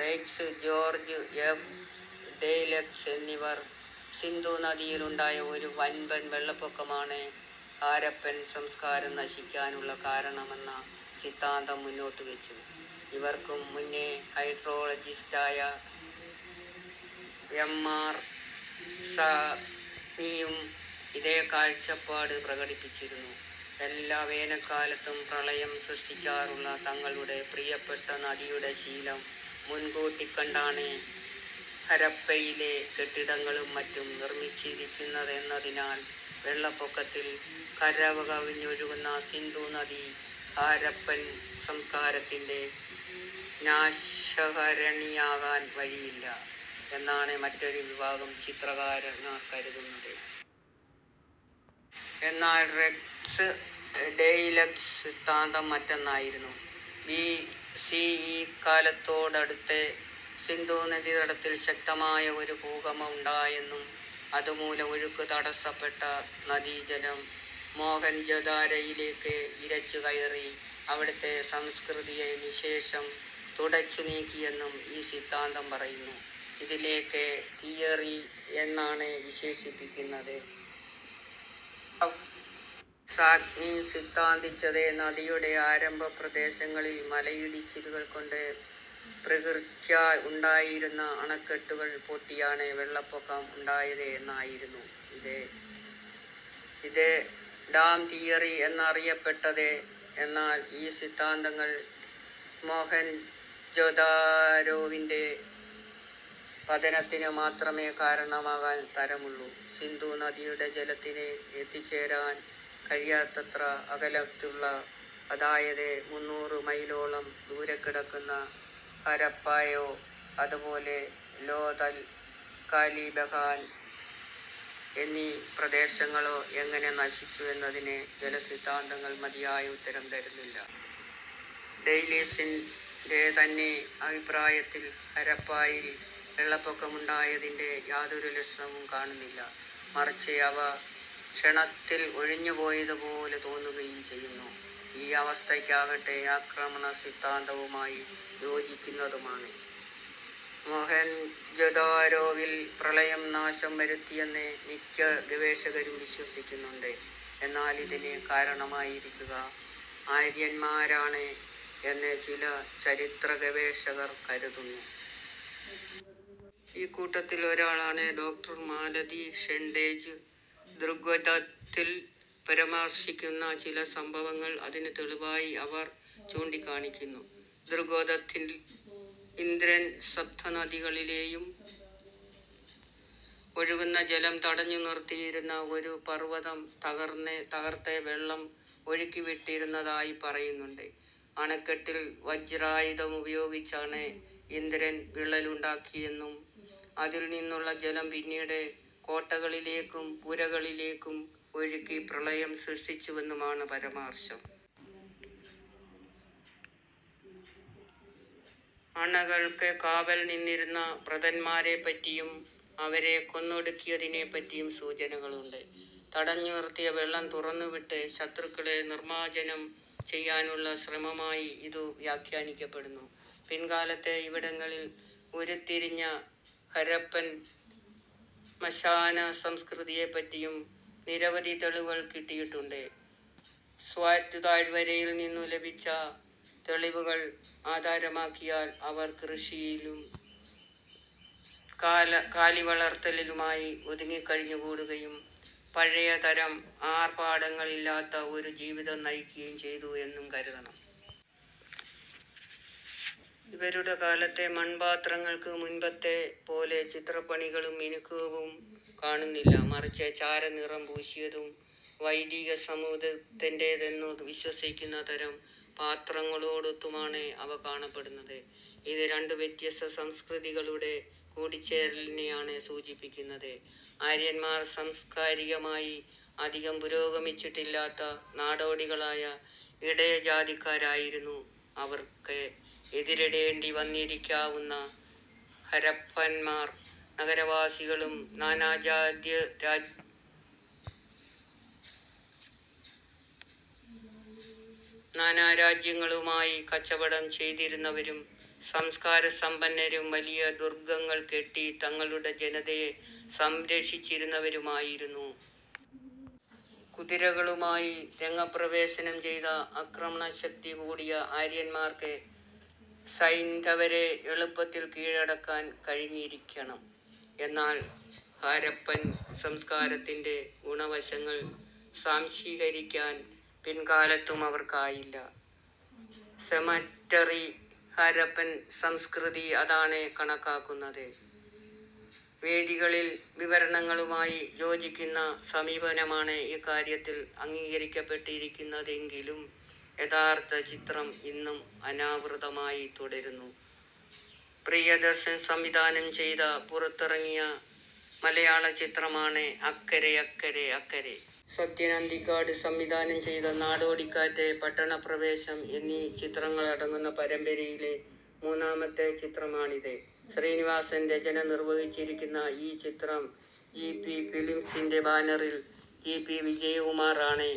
Raikes, George F. Dales എന്നിവർ സിന്ധു നദിയിൽ ഉണ്ടായ ഒരു വമ്പൻ വെള്ളപ്പൊക്കമാണ് ഹാരപ്പൻ സംസ്കാരം നശിക്കാനുള്ള കാരണമെന്ന സിദ്ധാന്തം മുന്നോട്ടുവച്ചു. ഇവർക്കും മുന്നേ ഹൈഡ്രോളജിസ്റ്റായ എം. ആർ. സാഹ്നിയും ഇതേ കാഴ്ചപ്പാട് പ്രകടിപ്പിച്ചിരുന്നു. എല്ലാ വേനൽക്കാലത്തും പ്രളയം സൃഷ്ടിക്കാറുള്ള തങ്ങളുടെ പ്രിയപ്പെട്ട നദിയുടെ ശീലം മുൻകൂട്ടിക്കണ്ടാണ് ഹരപ്പയിലെ കെട്ടിടങ്ങളും മറ്റും നിർമ്മിച്ചിരുന്നതെന്നതിനാൽ വെള്ളപ്പൊക്കത്തിൽ കരകവിഞ്ഞൊഴുകുന്ന സിന്ധു നദി ഹാരപ്പൻ സംസ്കാരത്തിൻ്റെ നാശകാരിണിയാകാൻ വഴിയില്ല എന്നാണ് മറ്റൊരു വിഭാഗം ചരിത്രകാരന്മാർ കരുതുന്നത്. എന്നാൽ റെയ്ക്സ് ഡെയ്ല്സ് സിദ്ധാന്തം മറ്റൊന്നായിരുന്നു. ബി. സി. ഇ കാലത്തോടടുത്ത് സിന്ധുനദീതടത്തിൽ ശക്തമായ ഒരു ഭൂകമ്പമുണ്ടായെന്നും അതുമൂലം ഒഴുക്കു തടസ്സപ്പെട്ട നദീജലം മൊഹെൻജൊദാരോയിലേക്ക് ഇരച്ചുകയറി അവിടത്തെ സംസ്കൃതിയെ നിശ്ശേഷം തുടച്ചുനീക്കി എന്നും ഈ സിദ്ധാന്തം പറയുന്നു. ഇതിനെ ലേക്ക് തിയറി എന്നാണ് വിശേഷിപ്പിക്കുന്നത്. പ്രൊഫ. സാഹ്നി സിദ്ധാന്തിച്ചത് നദിയുടെ ആരംഭപ്രദേശങ്ങളിൽ മലയിടിച്ചിലുകൾ കൊണ്ട് പ്രകൃത്യാ ഉണ്ടായിരുന്ന അണക്കെട്ടുകൾ പൊട്ടിയാണ് വെള്ളപ്പൊക്കം ഉണ്ടായത് എന്നായിരുന്നു. ഇത് ഡാം തിയറി എന്നാണറിയപ്പെട്ടത്. എന്നാൽ ഈ സിദ്ധാന്തങ്ങൾ മൊഹെൻജൊദാരോവിൻ്റെ പതനത്തിനു മാത്രമേ കാരണമാകാൻ തരമുള്ളൂ. സിന്ധു നദിയുടെ ജലത്തിന് എത്തിച്ചേരാൻ കഴിയാത്തത്ര അകലത്തുള്ള, അതായത് മുന്നൂറു മൈലോളം ദൂരെ കിടക്കുന്ന ഹാരപ്പയോ അതുപോലെ ലോഥൽ, കാലിബഗൻ എന്നീ പ്രദേശങ്ങളോ എങ്ങനെ നശിച്ചു എന്നതിന് ജലസിദ്ധാന്തങ്ങൾ മതിയായ ഉത്തരം തരുന്നില്ല. ഡെയ്ല്സിൻ്റെ തന്നെ അഭിപ്രായത്തിൽ ഹാരപ്പയിൽ വെള്ളപ്പൊക്കമുണ്ടായതിൻ്റെ യാതൊരു ലക്ഷണവും കാണുന്നില്ല. മറിച്ച് അവ ക്ഷണത്തിൽ ഒഴിഞ്ഞുപോയതുപോലെ തോന്നുകയും ചെയ്യുന്നു. ഈ അവസ്ഥയാകട്ടെ ആക്രമണസിദ്ധാന്തവുമായി യോജിക്കുന്നതുമാണ്. മൊഹെൻജൊദാരോവിൽ പ്രളയം നാശം വരുത്തിയെന്ന് മിക്ക ഗവേഷകരും വിശ്വസിക്കുന്നുണ്ട്. എന്നാൽ ഇതിന് കാരണമായിരിക്കുക ആര്യന്മാരാണ് എന്ന് ചില ചരിത്രഗവേഷകർ കരുതുന്നു. ഇക്കൂട്ടത്തിൽ ഒരാളാണ് ഡോ. മാലതി ഷെണ്ഡ്ജേ. ഋഗ്വേദത്തിൽ പരാമർശിക്കുന്ന ചില സംഭവങ്ങൾ അതിനു തെളിവായി അവർ ചൂണ്ടിക്കാണിക്കുന്നു. ഋഗ്വേദത്തിൽ ഇന്ദ്രൻ സപ്തനദികളിലേക്കും ഒഴുകുന്ന ജലം തടഞ്ഞുനിർത്തിയിരുന്ന ഒരു പർവ്വതം തകർത്ത് വെള്ളം ഒഴുക്കിവിട്ടിരുന്നതായി പറയുന്നുണ്ട്. അണക്കെട്ടിൽ വജ്രായുധമുപയോഗിച്ചാണ് ഇന്ദ്രൻ വിള്ളലുണ്ടാക്കിയെന്നും അതിൽനിന്നുള്ള ജലം പിന്നീട് കോട്ടകളിലേക്കും പുരങ്ങളിലേക്കും ഒഴുക്കി പ്രളയം സൃഷ്ടിച്ചുവെന്നുമാണ് പരാമർശം. അണകൾക്ക് കാവൽ നിന്നിരുന്ന വൃതന്മാരെപ്പറ്റിയും അവരെ കൊന്നൊടുക്കിയതിനെപ്പറ്റിയും സൂചനകളുണ്ട്. തടഞ്ഞുനിർത്തിയ വെള്ളം തുറന്നുവിട്ട് ശത്രുക്കളെ നിർമ്മാർജ്ജനം ചെയ്യാനുള്ള ശ്രമമായി ഇതു വ്യാഖ്യാനിക്കപ്പെടുന്നു. പിൽക്കാലത്ത് ഇവിടങ്ങളിൽ ഉരുത്തിരിഞ്ഞ ഹരപ്പൻ ശ്മശാനസംസ്കൃതിയെപ്പറ്റിയും നിരവധി തെളിവുകൾ കിട്ടിയിട്ടുണ്ട്. സ്വാറ്റ് താഴ്വരയിൽ നിന്നും ലഭിച്ച തെളിവുകൾ ആധാരമാക്കിയാൽ അവർ കൃഷിയും കാലിവളർത്തലുമായി ഒതുങ്ങിക്കഴിഞ്ഞുകൂടുകയും പഴയ തരം ആർഭാടങ്ങൾ ഇല്ലാത്ത ഒരു ജീവിതം നയിക്കുകയും ചെയ്തു എന്നും കരുതണം. ഇവരുടെ കാലത്തെ മൺപാത്രങ്ങൾക്ക് മുൻപത്തെ പോലെ ചിത്രപ്പണികളും മിനുക്കവും കാണുന്നില്ല. മറിച്ച് ചാരനിറം പൂശിയതും വൈദികസമൂഹത്തിന്റേതെന്നു വിശ്വസിക്കുന്ന തരം പാത്രങ്ങളോടൊത്തുമാണ് അവ കാണപ്പെടുന്നത്. ഇത് രണ്ടു വ്യത്യസ്ത സംസ്കൃതികളുടെ കൂടിച്ചേരലിനെയാണ് സൂചിപ്പിക്കുന്നത്. ആര്യന്മാർ സാംസ്കാരികമായി അധികം പുരോഗമിച്ചിട്ടില്ലാത്ത നാടോടികളായ ഇടയജാതിക്കാരായിരുന്നു. അവർക്ക് എതിരിടേണ്ടിവന്നിരിക്കാവുന്ന ഹാരപ്പന്മാർ നഗരവാസികളും നാനാരാജ്യങ്ങളുമായി കച്ചവടം ചെയ്തിരുന്നവരും സംസ്കാരസമ്പന്നരും വലിയ ദുർഗ്ഗങ്ങൾ കെട്ടി തങ്ങളുടെ ജനതയെ സംരക്ഷിച്ചിരുന്നവരുമായിരുന്നു. കുതിരകളുമായി രംഗപ്രവേശം ചെയ്ത ആക്രമണശക്തി കൂടിയ ആര്യന്മാർക്ക് സൈന്ധവരെ എളുപ്പത്തിൽ കീഴടക്കാൻ കഴിഞ്ഞിരിക്കണം. എന്നാൽ ഹാരപ്പൻ സംസ്കാരത്തിൻ്റെ ഗുണവശങ്ങൾ സ്വാംശീകരിക്കാൻ പിൽക്കാലത്തും അവർക്കായില്ല. സെമറ്ററി ഹാരപ്പൻ സംസ്കൃതി അതാണ് കാണിക്കുന്നത്. വേദങ്ങളിലെ വിവരണങ്ങളുമായി യോജിക്കുന്ന സമീപനമാണ് ഇക്കാര്യത്തിൽ അംഗീകരിക്കപ്പെട്ടിരിക്കുന്നതെങ്കിലും യഥാർത്ഥചിത്രം ഇന്നും അനാവൃതമായി തുടരുന്നു. പ്രിയദർശൻ സംവിധാനം ചെയ്ത് പുറത്തിറങ്ങിയ മലയാളചലച്ചിത്രമാണ് അക്കരെയക്കരെയക്കരെ. സത്യൻ അന്തിക്കാട് സംവിധാനം ചെയ്ത നാടോടിക്കാറ്റ്, പട്ടണപ്രവേശം എന്നീ ചിത്രങ്ങളടങ്ങുന്ന പരമ്പരയിലെ മൂന്നാമത്തെ ചിത്രമാണിത്. ശ്രീനിവാസൻ രചന നിർവ്വഹിച്ചിരിക്കുന്ന ഈ ചിത്രം ജി. പി. ഫിലിംസിൻ്റെ ബാനറിൽ ജി. പി. വിജയകുമാറാണ്